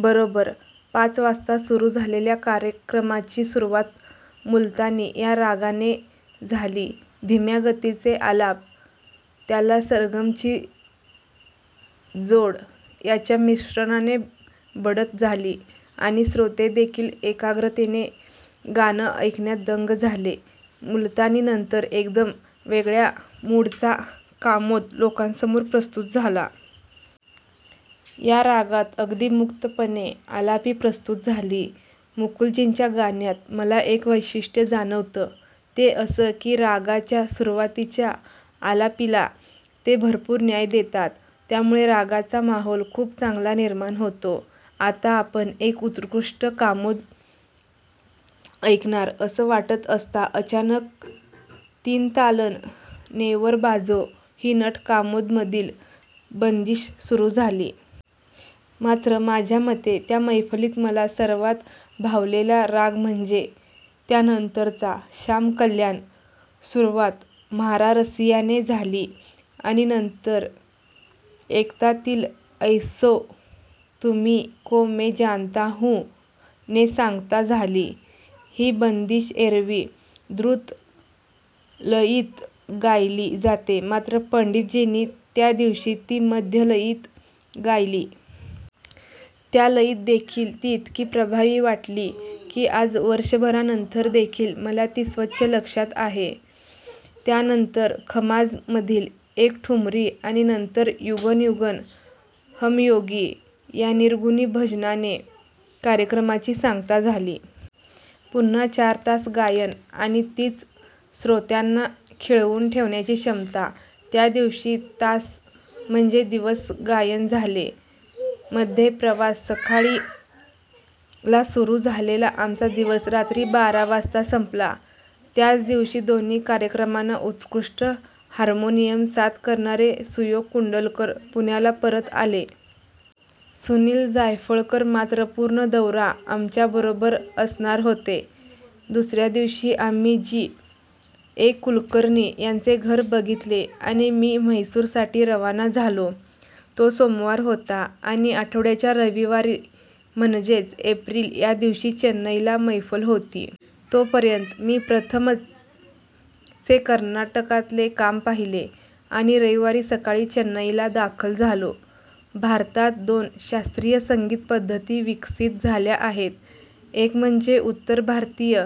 बरोबर पाच वाजता सुरु झालेल्या कार्यक्रमाची सुरुवात मुलतानी या रागाने झाली. धीम्या गतीचे आलाप, त्याला सरगमची जोड याच्या मिश्रणाने बढत झाली आणि श्रोते देखील एकाग्रतेने गाणं ऐकण्यात दंग झाले. मुलतानी नंतर एकदम वेगळ्या 'मूड'चा 'कामोद' लोकांसमोर प्रस्तुत झाला. या रागात अगदी मुक्तपणे आलापी प्रस्तुत झाली. मुकुलजींच्या गाण्यात मला एक वैशिष्ट्य जाणवतं ते असं की रागाच्या सुरुवातीच्या आलापीला ते भरपूर न्याय देतात. त्यामुळे रागाचा माहोल खूप चांगला निर्माण होतो. आता आपण एक उत्कृष्ट कामोद ऐकणार असं वाटत असता अचानक तीनतालात 'नेवर बाजो' ही नट कामोद मधील बंदिश सुरु झाली. मात्र माझ्यामते त्या मैफलीत मला सर्वात भावलेला राग म्हणजे त्या नंतरचा 'शाम-कल्याण. ' सुरुवात 'म्हारा रसिया' ने झाली आणि नंतर एकतालातील 'ऐसो तुमी को मै जानत हूँ' ने सांगता झाली. ही बंदिश एरवी द्रुत लयीत गायली जाते मात्र पंडितजींनी त्यादिवशी ती मध्यलयीत गायली. त्या लयीत देखील ती इतकी प्रभावी वाटली की आज वर्षभरा नंतर देखील मला ती स्वच्छ लक्षात आहे. त्या नंतर खमाज मधील एक ठुमरी आणि नंतर 'युगन युगन हम योगी' या निर्गुणी भजनाने कार्यक्रमाची सांगता झाली. पुन्हा चार तास गायन आणि तीच श्रोत्यांना खिळवून ठेवण्याची क्षमता. त्या दिवशी तास, म्हणजे दिवस गायन झाले. मध्ये प्रवास. सकाळी ला सुरु झालेला आमचा दिवस रात्री बारा वाजता संपला. त्याच दिवशी दोन्ही कार्यक्रमांना उत्कृष्ट हार्मोनियम साथ करणारे सुयोग कुंडलकर पुण्याला परत आले. सुनील जायफळकर मात्र पूर्ण दौरा आमच्या बरोबर असणार होते. दुसऱ्या दिवशी आम्ही जी. ए कुलकर्णी यांचे घर बघितले आणि मी मैसूरसाठी रवाना झालो. तो सोमवार होता आणि आठवड्याच्या रविवारी म्हणजेच एप्रिल या दिवशी चेन्नईला मैफल होती. तो पर्यंत मी 'प्रथम' चे कर्नाटकातले काम पाहिले आणि रविवारी सकाळी चेन्नईला दाखल झालो. भारतात दोन शास्त्रीय संगीत पद्धती विकसित झाल्या आहेत एक म्हणजे उत्तर भारतीय,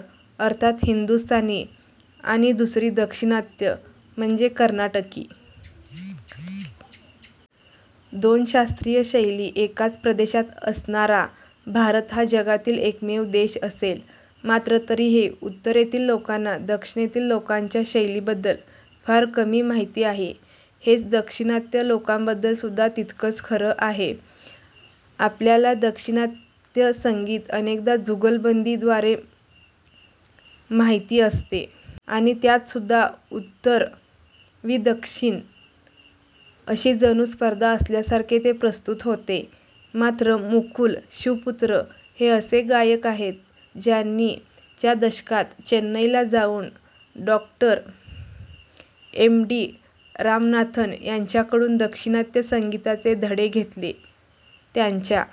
अर्थात हिंदुस्थानी आणि दुसरी दाक्षिणात्य म्हणजे कर्नाटिक. दोन शास्त्रीय शैली एकाच प्रदेशात असणारा भारत हा जगातील एकमेव देश असेल. मात्र तरीही उत्तरेतील लोकांना दक्षिणेतील लोकांच्या शैलीबद्दल फार कमी माहिती आहे. हेच दाक्षिणात्य लोकांबद्दल सुद्धा तितकंच खरं आहे. आपल्याला दाक्षिणात्य संगीत अनेकदा जुगलबंदी द्वारे माहिती असते. आणि त्यात सुद्धा 'उत्तर वि दक्षिण' अशी जणू स्पर्धा असल्यासारखे ते प्रस्तुत होते. मात्र मुकुल शिवपुत्र हे असे गायक आहेत ज्यांनी च्या दशकात चेन्नईला जाऊन डॉ. एम डी रामनाथन यांच्याकडून दाक्षिणात्य संगीताचे धडे घेतले. त्यांच्या